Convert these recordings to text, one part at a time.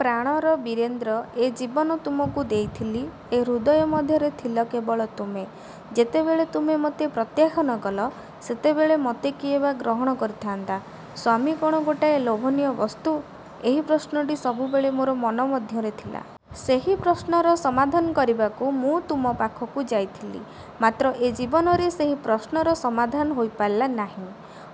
ପ୍ରାଣର ବୀରେନ୍ଦ୍ର ଏ ଜୀବନ ତୁମକୁ ଦେଇଥିଲି। ଏ ହୃଦୟ ମଧ୍ୟରେ ଥିଲ କେବଳ ତୁମେ। ଯେତେବେଳେ ତୁମେ ମୋତେ ପ୍ରତ୍ୟାଖ୍ୟାନ କଲ ସେତେବେଳେ ମୋତେ କିଏ ବା ଗ୍ରହଣ କରିଥାନ୍ତା? ସ୍ୱାମୀ କ'ଣ ଗୋଟାଏ ଲୋଭନୀୟ ବସ୍ତୁ? ଏହି ପ୍ରଶ୍ନଟି ସବୁବେଳେ ମୋର ମନ ମଧ୍ୟରେ ଥିଲା। ସେହି ପ୍ରଶ୍ନର ସମାଧାନ କରିବାକୁ ମୁଁ ତୁମ ପାଖକୁ ଯାଇଥିଲି। ମାତ୍ର ଏ ଜୀବନରେ ସେହି ପ୍ରଶ୍ନର ସମାଧାନ ହୋଇପାରିଲା ନାହିଁ।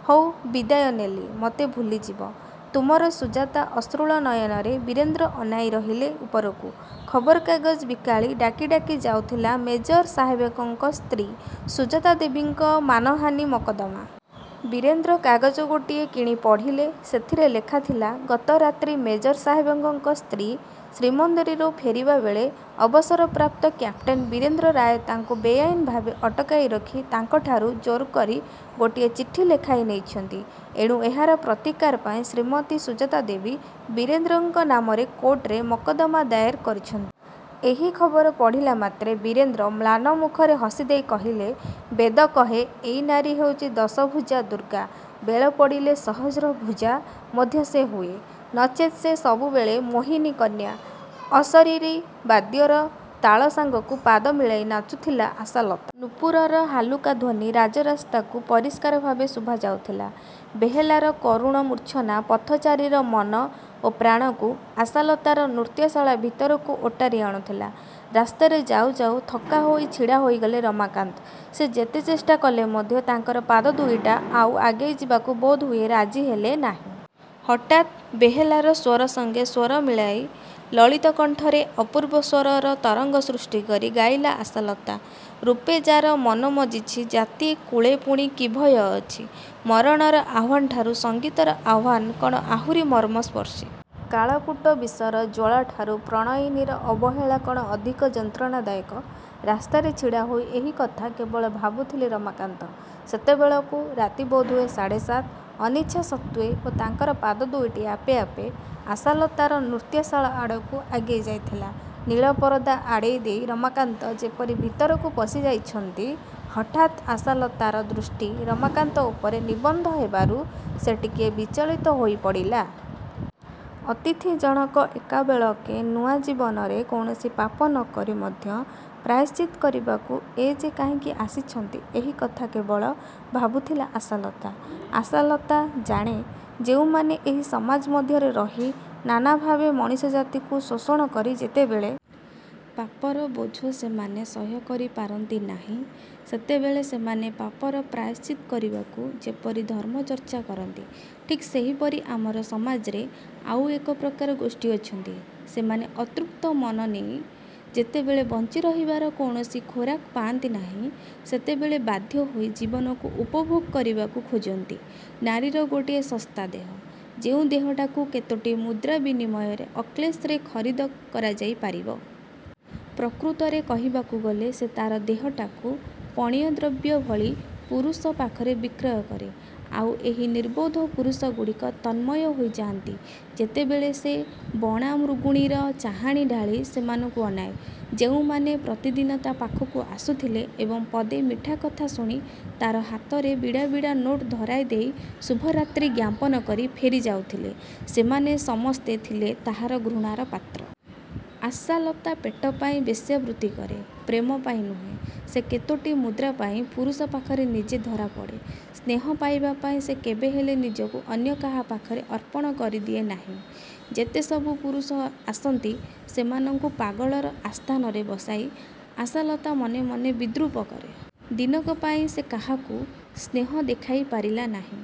ହଉ ବିଦାୟ ନେଲି, ମୋତେ ଭୁଲିଯିବ-। ତୁମର ସୁଜାତା ଅଶ୍ରୁଳ ନୟନରେ ବୀରେନ୍ଦ୍ର ଅନାଇ ରହିଲେ ଉପରକୁ। ଖବରକାଗଜ ବିକାଳି ଡାକି ଡାକି ଯାଉଥିଲା ମେଜର ସାହେବଙ୍କ ସ୍ତ୍ରୀ ସୁଜାତାଦେବୀଙ୍କ ମାନହାନି ମକଦ୍ଦମା। ବୀରେନ୍ଦ୍ର କାଗଜ ଗୋଟିଏ କିଣି ପଢ଼ିଲେ। ସେଥିରେ ଲେଖାଥିଲା ଗତ ରାତ୍ରି ମେଜର ସାହେବଙ୍କ ସ୍ତ୍ରୀ ଶ୍ରୀମନ୍ଦିରରୁ ଫେରିବା ବେଳେ ଅବସର ପ୍ରାପ୍ତ କ୍ୟାପଟେନ୍ ବୀରେନ୍ଦ୍ର ରାୟ ତାଙ୍କୁ ବେଆଇନ୍ ଭାବେ ଅଟକାଇରଖି ତାଙ୍କଠାରୁ ଜୋରକରି ଗୋଟିଏ ଚିଠି ଲେଖାଇ ନେଇଛନ୍ତି। ଏଣୁ ଏହାର ପ୍ରତିକାର ପାଇଁ ଶ୍ରୀମତୀ ସୁଜାତାଦେବୀ ବୀରେନ୍ଦ୍ରଙ୍କ ନାମରେ କୋର୍ଟରେ ମକଦ୍ଦମା ଦାଏର କରିଛନ୍ତି। ଏହି ଖବର ପଢ଼ିଲା ମାତ୍ରେ ବୀରେନ୍ଦ୍ର ମ୍ଳାନ ମୁଖରେ ହସିଦେଇ କହିଲେ, ''ବେଦ କହେ ଏଇ ନାରୀ ହେଉଛି ଦଶଭୁଜା ଦୁର୍ଗା। ବେଳପଡ଼ିଲେ ସହସ୍ର ଭୁଜା ମଧ୍ୟ ସେ ହୁଏ। ନଚେତ୍ ସେ ସବୁବେଳେ ମୋହିନୀ କନ୍ୟା। '' ଅଶରୀରୀ ବାଦ୍ୟର ତାଳ ସାଙ୍ଗକୁ ପାଦ ମିଳାଇ ନାଚୁଥିଲା ଆଶାଲତା। ନୂପୁରର ହାଲୁକା ଧ୍ୱନି ରାଜରାସ୍ତାକୁ ପରିଷ୍କାର ଭାବେ ଶୁଭାଯାଉଥିଲା। ବେହେଲାର କରୁଣ ମୂର୍ଚ୍ଛନା ପଥଚାରୀର ମନ ଓ ପ୍ରାଣକୁ ଆଶାଲତାର ନୃତ୍ୟଶାଳା ଭିତରକୁ ଓଟାରି ଆଣୁଥିଲା। ରାସ୍ତାରେ ଯାଉଁ ଯାଉଁ ଥକାହୋଇ ଛିଡ଼ା ହୋଇଗଲେ ରମାକାନ୍ତ। ସେ ଯେତେ ଚେଷ୍ଟା କଲେ ମଧ୍ୟ ତାଙ୍କର ପାଦ ଦୁଇଟା ଆଉ ଆଗେଇ ଯିବାକୁ ବୋଧହୁଏ ରାଜି ହେଲେ ନାହିଁ। ହଠାତ୍ ବେହେଲାର ସ୍ୱର ସଙ୍ଗେ ସ୍ୱର ମିଳାଇ ଲଳିତ କଣ୍ଠରେ ଅପୂର୍ବ ସ୍ୱରର ତରଙ୍ଗ ସୃଷ୍ଟି କରି ଗାଇଲା ଆଶାଲତା- 'ରୂପେ ଯାର ମନ ମଜିଛି ଜାତି, କୁଳେ ପୁଣି କି ଭୟ ଅଛି? ' ମରଣର ଆହ୍ୱାନଠାରୁ ସଙ୍ଗୀତର ଆହ୍ୱାନ କ'ଣ ଆହୁରି ମର୍ମସ୍ପର୍ଶୀ? କାଳକୂଟ ବିଷର ଜ୍ୱଳାଠାରୁ ପ୍ରଣୟିନୀର ଅବହେଳା କ'ଣ ଅଧିକ ଯନ୍ତ୍ରଣାଦାୟକ? ରାସ୍ତାରେ ଛିଡ଼ାହୋଇ ଏହିକଥା କେବଳ ଭାବୁଥିଲେ ରମାକାନ୍ତ। ସେତେବେଳକୁ ରାତି ବୋଧହୁଏ ସାଢ଼େ ସାତ। ଅନିଚ୍ଛା ସତ୍ତ୍ୱେ ଓ ତାଙ୍କର ପାଦ ଦୁଇଟି ଆପେ ଆପେ। ଆଶାଲତାର ନୃତ୍ୟଶାଳା ଆଡ଼କୁ ଆଗେଇ ଯାଇଥିଲା। ନୀଳ ପରଦା ଆଡ଼େଇଦେଇ ରମାକାନ୍ତ ଯେପରି ଭିତରକୁ ପଶିଯାଇଛନ୍ତି, ହଠାତ୍ ଆଶାଲତାର ଦୃଷ୍ଟି ରମାକାନ୍ତ ଉପରେ ନିବଦ୍ଧ ହେବାରୁ ସେ ଟିକିଏ ବିଚଳିତ ହୋଇପଡ଼ିଲା। ଅତିଥିଜଣକ ଏକାବେଳକେ ନୂଆ। ଜୀବନରେ କୌଣସି ପାପ ନ କରି ମଧ୍ୟ ପ୍ରାୟଶ୍ଚିତ୍ତ କରିବାକୁ ଏ ଯେ କାହିଁକି ଆସିଛନ୍ତି ଏହିକଥା କେବଳ ଭାବୁଥିଲା ଆଶାଲତା। ଆଶାଲତା ଜାଣେ ଯେଉଁମାନେ ଏହି ସମାଜ ମଧ୍ୟରେ ରହି ନାନା ଭାବେ ମଣିଷ ଜାତିକୁ ଶୋଷଣ କରି ଯେତେବେଳେ ପାପର ବୋଝ ସେମାନେ ସହ୍ୟ କରିପାରନ୍ତି ନାହିଁ ସେତେବେଳେ ସେମାନେ ପାପର ପ୍ରାୟଶ୍ଚିତ କରିବାକୁ ଯେପରି ଧର୍ମଚର୍ଚ୍ଚା କରନ୍ତି, ଠିକ୍ ସେହିପରି ଆମର ସମାଜରେ ଆଉ ଏକ ପ୍ରକାର ଗୋଷ୍ଠୀ ଅଛନ୍ତି ସେମାନେ ଅତୃପ୍ତ ମନ ନେଇ ଯେତେବେଳେ ବଞ୍ଚିରହିବାର କୌଣସି ଖୋରାକ ପାଆନ୍ତି ନାହିଁ ସେତେବେଳେ ବାଧ୍ୟ ହୋଇ ଜୀବନକୁ ଉପଭୋଗ କରିବାକୁ ଖୋଜନ୍ତି ନାରୀର ଗୋଟିଏ ଶସ୍ତା ଦେହ, ଯେଉଁ ଦେହଟାକୁ କେତୋଟି ମୁଦ୍ରା ବିନିମୟରେ ଅକ୍ଳେଶରେ ଖରିଦ କରାଯାଇ ପାରିବ। ପ୍ରକୃତରେ କହିବାକୁ ଗଲେ ସେ ତା'ର ଦେହଟାକୁ ପଣ୍ୟ ଦ୍ରବ୍ୟ ଭଳି ପୁରୁଷ ପାଖରେ ବିକ୍ରୟ କରେ। ଆଉ ଏହି ନିର୍ବୋଧ ପୁରୁଷଗୁଡ଼ିକ ତନ୍ମୟ ହୋଇଯାଆନ୍ତି ଯେତେବେଳେ ସେ ବଣା ମୃଗୁଣୀର ଚାହାଣି ଢାଳି ସେମାନଙ୍କୁ ଅନାଏ। ଯେଉଁମାନେ ପ୍ରତିଦିନ ତା' ପାଖକୁ ଆସୁଥିଲେ ଏବଂ ପଦେ ମିଠା କଥା ଶୁଣି ତା'ର ହାତରେ ବିଡ଼ା ବିଡ଼ା ନୋଟ ଧରାଇଦେଇ ଶୁଭରାତ୍ରୀ ଜ୍ଞାପନ କରି ଫେରିଯାଉଥିଲେ ସେମାନେ ସମସ୍ତେ ଥିଲେ ତାହାର ଘୃଣାର ପାତ୍ର। ଆଶାଲତା ପେଟ ପାଇଁ ବେଶ୍ୟାବୃତ୍ତି କରେ, ପ୍ରେମ ପାଇଁ ନୁହେଁ। ସେ କେତୋଟି ମୁଦ୍ରା ପାଇଁ ପୁରୁଷ ପାଖରେ ନିଜେ ଧରାପଡ଼େ। ସ୍ନେହ ପାଇବା ପାଇଁ ସେ କେବେହେଲେ ନିଜକୁ ଅନ୍ୟ କାହା ପାଖରେ ଅର୍ପଣ କରି ଦିଏ ନାହିଁ। ଯେତେ ସବୁ ପୁରୁଷ ଆସନ୍ତି ସେମାନଙ୍କୁ ପାଗଳର ଆସ୍ଥାନରେ ବସାଇ ଆଶାଲତା ମନେମନେ ବିଦ୍ରୂପ କରେ। ଦିନକ ପାଇଁ ସେ କାହାକୁ ସ୍ନେହ ଦେଖାଇ ପାରିଲା ନାହିଁ।